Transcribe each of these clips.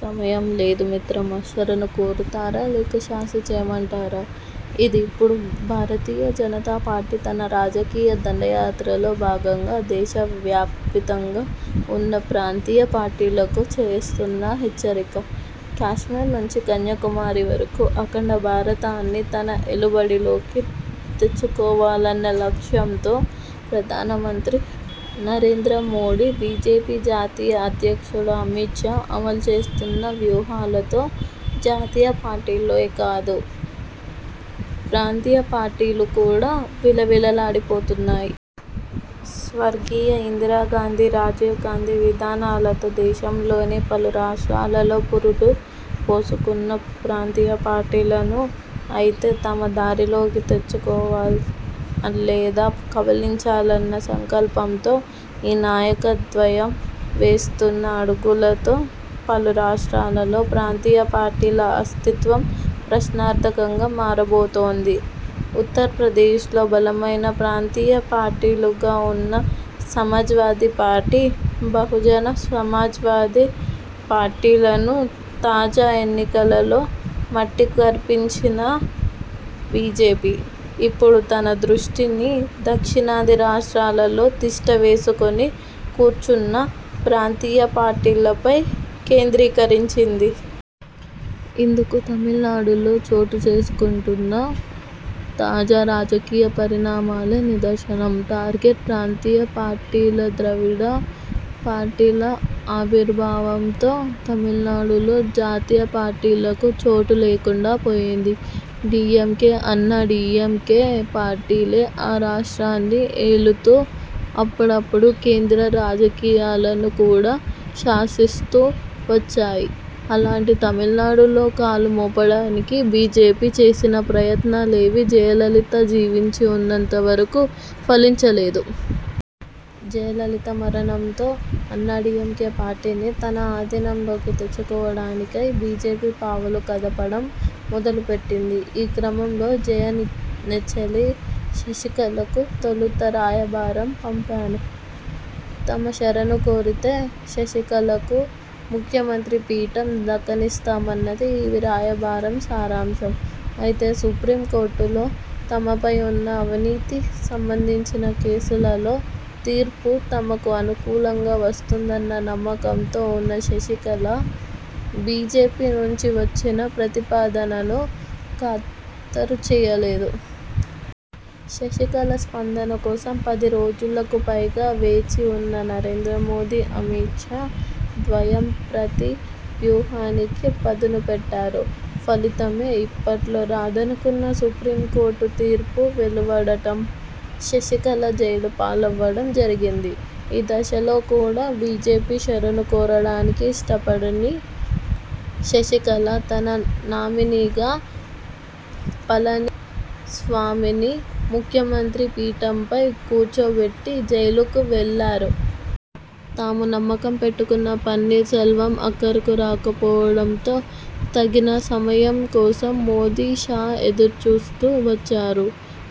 సమయం లేదు మిత్రమా! శరణు కోరతారా? లేక శాస్తి చేయమంటారా? ' ఇది ఇప్పుడు భారతీయ జనతా పార్టీ తన రాజకీయ దండయాత్రలో భాగంగా దేశవ్యాపితంగా ఉన్న ప్రాంతీయ పార్టీలకు చేస్తున్న హెచ్చరిక! కశ్మీర్ నుంచి కన్యాకుమారి వరకూ అఖండ భారతాన్ని తన ఏలుబడిలోకి తెచ్చుకోవాలన్న లక్ష్యంతో ప్రధాన మంత్రి నరేంద్ర మోదీ, బీజేపీ జాతీయ అధ్యక్షుడు అమిత్ షా అమలు చేస్తున్న వ్యూహాలతో జాతీయ పార్టీలే కాదు ప్రాంతీయ పార్టీలు కూడా విలవిలలాడిపోతున్నాయి. స్వర్గీయ ఇందిరా గాంధీ, రాజీవ్ గాంధీ విధానాలతో దేశంలోని పలు రాష్ర్టాలలో పురుడు పోసుకున్న ప్రాంతీయ పార్టీలను.. అయితే తమ దారిలోకి తెచ్చుకోవాలి లేదా కబళించాలన్న సంకల్పంతో ఈ నాయక ద్వయం వేస్తున్న అడుగులతో పలు రాష్ర్టాలలో ప్రాంతీయ పార్టీల అస్తిత్వం ప్రశ్నార్థకంగా మారబోతోంది. ఉత్తరప్రదేశ్లో బలమైన ప్రాంతీయ పార్టీలుగా ఉన్న సమాజ్వాదీ పార్టీ, బహుజన సమాజ్వాదీ పార్టీలను తాజా ఎన్నికలలో మట్టి కరిపించిన బీజేపీ, ఇప్పుడు తన దృష్టిని దక్షిణాది రాష్ర్టాలలో తిష్ట వేసుకుని కూర్చున్న ప్రాంతీయపార్టీలపై కేంద్రీకరించింది. ఇందుకు తమిళనాడులో చోటు చేసుకుంటున్న తాజా రాజకీయ పరిణామాలే నిదర్శనం. టార్గెట్ ప్రాంతీయ పార్టీలుద్రవిడ పార్టీల ఆవిర్భావంతో తమిళనాడులో జాతీయపార్టీలకు చోటు లేకుండాపోయింది. డీఎంకే అన్నాడీఎంకే పార్టీలే ఆ రాష్ర్టాన్ని ఏలుతూ అప్పుడప్పుడు కేంద్ర రాజకీయాలను కూడా శాసిస్తూ వచ్చాయి. అలాంటి తమిళనాడులో కాలు మోపడానికి బీజేపీ చేసిన ప్రయత్నాలేవీ జయలలిత జీవించి ఉన్నంత వరకు ఫలించ లేదు. జయలలిత మరణంతో అన్నాడీఎంకే పార్టీని తన అధీనంలోకి తెచ్చుకోవడానికై బీజేపీ పావులు కదపడం మొదలుపెట్టింది. ఈ క్రమంలో జయ నెచ్చెలి శశికళకు తొలుత రాయబారం పంపారు. తమ శరణు కోరితే శశికళకు ముఖ్యమంత్రి పీఠం దక్కనిస్తామన్నది ఈ రాయబారం సారాంశం. అయితే, సుప్రీం కోర్టులో తమపై ఉన్న అవినీతికి సంబంధించిన కేసులలో తీర్పు తమకు అనుకూలంగా వస్తుందన్న నమ్మకంతో ఉన్న శశికళ బీజేపీ నుంచి వచ్చిన ప్రతిపాదనను ఖాతరు చేయలేదు. శశికళ స్పందన కోసం పది రోజులకు పైగా వేచి ఉన్న నరేంద్ర మోదీ, అమిత్ షా ద్వయం ప్రతి వ్యూహానికి పదును పెట్టారు. ఫలితమే, ఇప్పట్లో రాదనుకున్న సుప్రీం కోర్టు తీర్పు వెలువడటం, శశికళ జైలు పాలవ్వడం జరిగింది. ఈ దశలో కూడా బీజేపీ శరణు కోరడానికి ఇష్టపడని శశికళ తన నామినీగా పళని స్వామిని ముఖ్యమంత్రి పీఠంపై కూర్చోబెట్టి జైలుకు వెళ్లారు. తాము నమ్మకం పెట్టుకున్న పన్నీర్ సెల్వం అక్కరకు రాకపోవడంతో తగిన సమయం కోసం మోదీ, షా ఎదురు చూస్తూ వచ్చారు.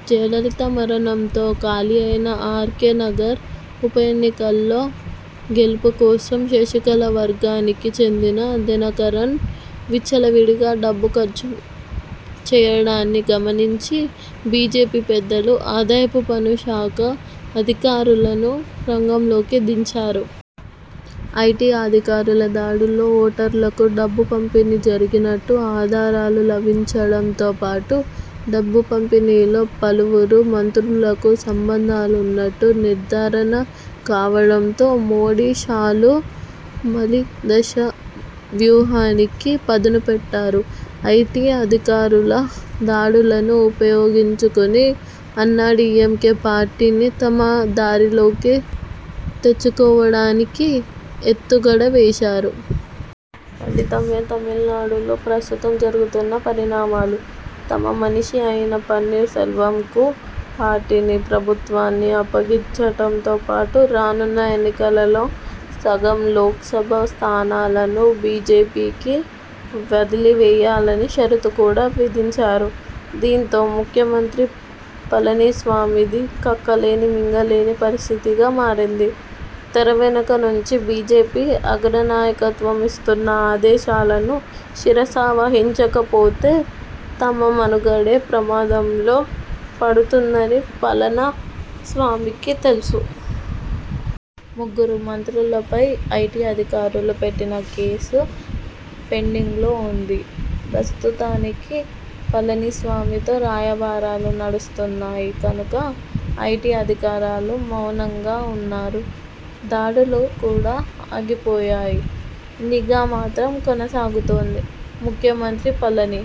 జయలలిత మరణంతో ఖాళీ అయిన ఆర్కే నగర్ ఉప ఎన్నికలో గెలుపు కోసం శశికళ వర్గానికి చెందిన దినకరన్ విచ్చలవిడిగా డబ్బు ఖర్చు చేయడాన్ని గమనించి బీజేపీ పెద్దలు ఆదాయపు పన్ను శాఖ అధికారులను రంగంలోకి దించారు. ఐటీ అధికారుల దాడుల్లో ఓటర్లకు డబ్బు పంపిణీ జరిగినట్టు ఆధారాలు లభించడంతోపాటు డబ్బు పంపిణీలో పలువురు మంత్రులకు సంబంధాలు ఉన్నట్టు నిర్ధారణ కావడంతో మోదీ షాలు మలి దశ వ్యూహానికి పదును పెట్టారు. ఐటీ అధికారుల దాడులను ఉపయోగించుకుని అన్నాడీఎంకే పార్టీని తమ దారిలోకి తెచ్చుకోవడానికి ఎత్తుగడ వేశారు. ఫలితమే, తమిళనాడులో ప్రస్తుతం జరుగుతున్న పరిణామాలు. తమ మనిషి అయిన పన్నీర్ సెల్వంకు పార్టీని, ప్రభుత్వాన్ని అప్పగించడంతోపాటు రానున్న ఎన్నికలలో సగం లోక్సభ స్థానాలను బీజేపీకి వదిలి వేయాలన్న షరతు కూడా విధించారు. దీంతో, ముఖ్యమంత్రి పళనిస్వామిది కక్కలేని మింగలేని పరిస్థితిగా మారింది. తెర వెనుక నుంచి బీజేపీ అగ్ర నాయకత్వం ఇస్తున్న ఆదేశాలను శిరసావహించకపోతే తమ మనుగడే ప్రమాదంలో పడుతుందని పళన స్వామికి తెలుసు! ముగ్గురు మంత్రులపై ఐటీ అధికారులు పెట్టిన కేసు పెండింగ్లో ఉంది. ప్రస్తుతానికి పళనిస్వామితో రాయబారాలు నడుస్తున్నాయి కనుక, ఐటీ అధికారులు మౌనంగా ఉన్నారు. దాడులు కూడా ఆగిపోయాయి. నిఘా మాత్రం కొనసాగుతోంది. ముఖ్యమంత్రి పళని